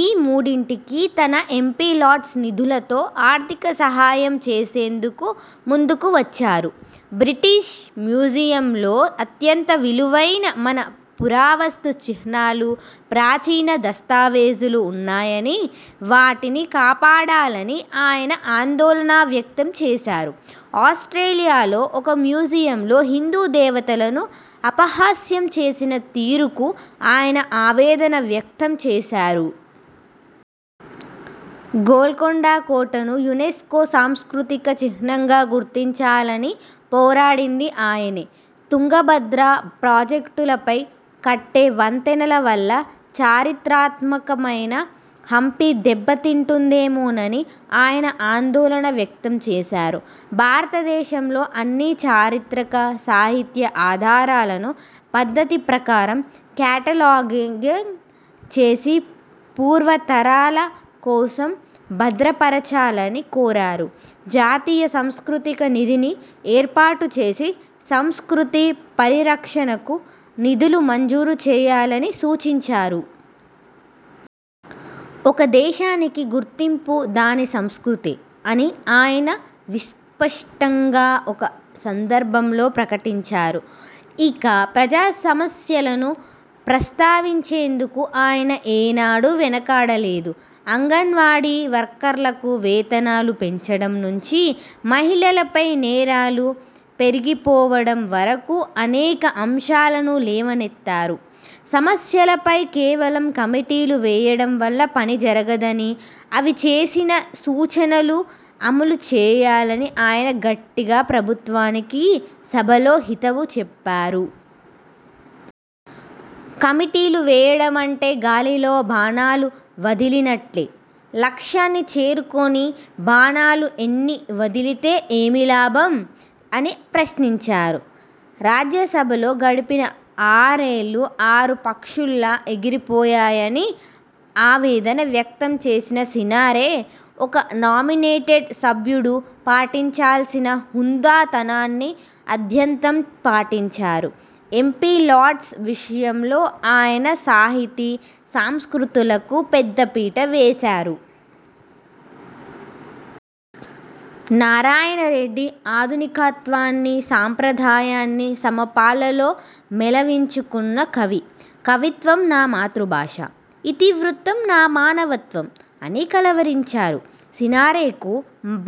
ఈ మూడింటికీ తన ఎంపీ లాడ్స్ నిధులతో ఆర్థిక సహాయం చేసేందుకు ముందుకు వచ్చారు. బ్రిటిష్ మ్యూజియంలో అత్యంత విలువైన మన పురావస్తు చిహ్నాలు, ప్రాచీన దస్తావేజులు ఉన్నాయని వాటిని కాపాడాలని ఆయన ఆందోళన వ్యక్తం చేశారు. ఆస్ట్రేలియాలో ఒక మ్యూజియంలో హిందూ దేవతలను అపహాస్యం చేసిన తీరుకు ఆయన ఆవేదన వ్యక్తం చేశారు. గోల్కొండ కోటను యునెస్కో సాంస్కృతిక చిహ్నంగా గుర్తించాలని పోరాడింది ఆయనే. తుంగభద్ర ప్రాజెక్టులపై కట్టే వంతెనల వల్ల చరిత్రాత్మకమైన హంపీ దెబ్బతింటుందేమోనని ఆయన ఆందోళన వ్యక్తంచేశారు. భారతదేశంలో అన్ని చారిత్రక, సాహిత్య ఆధారాలను పద్ధతి ప్రకారం కేటలాగింగ్ చేసి పూర్వతరాల కోసం భద్రపరచాలని కోరారు. జాతీయ సాంస్కృతిక నిధిని ఏర్పాటు చేసి సంస్కృతీ పరిరక్షణకు నిధులు మంజూరు చేయాలని సూచించారు. ఒక దేశానికి గుర్తింపు దాని సంస్కృతే అని ఆయన విస్పష్టంగా ఒక సందర్భంలో ప్రకటించారు. ఇక ప్రజాసమస్యలను ప్రస్తావించేందుకు ఆయన ఏనాడూ వెనుకాడలేదు. అంగన్వాడీ వర్కర్లకు వేతనాలు పెంచడం నుంచి మహిళలపై నేరాలు పెరిగిపోవడం వరకు అనేక అంశాలను లేవనెత్తారు. సమస్యలపై కేవలం కమిటీలు వేయడం వల్ల పని జరగదని, అవి చేసిన సూచనలు అమలుచేయాలని ఆయన గట్టిగా ప్రభుత్వానికి సభలో హితవు చెప్పారు. ''కమిటీలు వేయడమంటే గాలిలో బాణాలు వదిలినట్లే. లక్ష్యాన్ని చేరుకోని బాణాలు ఎన్ని వదిలితే ఏమి లాభం? '' అని ప్రశ్నించారు. రాజ్యసభలో గడిపిన ఆరేళ్లూ ఆరు పక్షుల్లా ఎగిరిపోయాయని ఆవేదన వ్యక్తం చేసిన సినారె ఒక నామినేటెడ్ సభ్యుడు పాటించాల్సిన హుందాతనాన్ని ఆద్యంతం పాటించారు. ఎంపీ లాడ్స్ విషయంలో ఆయన సాహితీ, సంస్కృతులకు పెద్ద పీట వేశారు. నారాయణరెడ్డి ఆధునికత్వాన్నీ, సంప్రదాయాన్నీ సమపాళ్లలో మేళవించుకున్న కవి. ''కవిత్వం నా మాతృభాష –- ఇతివృత్తం నా మానవత్వం'' అని కలవరించారు. సినారెకు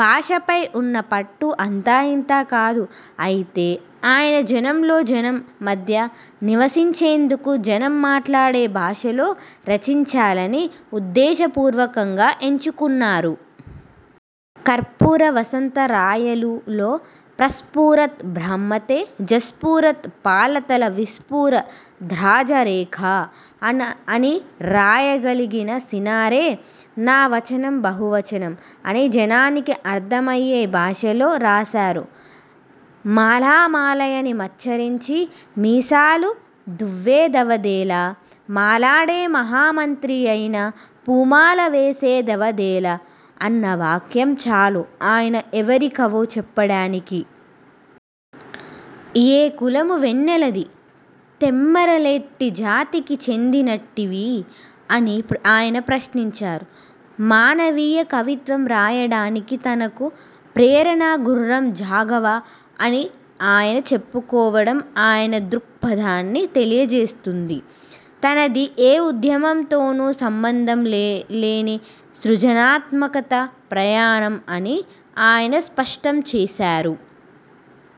భాషపై ఉన్న పట్టు అంతా ఇంతా కాదు. అయితే ఆయన జనంలో జనం మధ్య నివసించేందుకు జనం మాట్లాడే భాషలో రచించాలని ఉద్దేశపూర్వకంగా ఎంచుకున్నారు. కర్పూర వసంతరాయలులో ''ప్రస్ఫురత్ బ్రహ్మతే, జస్ఫురత్ ఫాలతల విస్ఫుర ద్రాజరేఖా! '' అని రాయగలిగిన సినారె ''నా వచనం బహువచనం'' అని జనానికి అర్థమయ్యే భాషలో రాశారు. ''మాలమాలయని మచ్చరించి మీసాలుదువ్వెదవదేలా! మాలడే మహామంత్రియైన పూమాలవేసెదవదేలా! '' అన్న వాక్యం చాలు ఆయన ఎవరి కవో చెప్పడానికి. ''ఏ కులము వెన్నెలది? తెమ్మరలెట్టి జాతికి చెందినట్టివి? '' అని ఆయన ప్రశ్నించారు. మానవీయ కవిత్వం రాయడానికి తనకు ప్రేరణ గుర్రం జాగవ అని ఆయన చెప్పుకోవడం ఆయన దృక్పథాన్ని తెలియజేస్తుంది. తనది ఏ ఉద్యమంతోనూ సంబంధంలేని సృజనాత్మక ప్రయాణం అని ఆయన స్పష్టం చేశారు.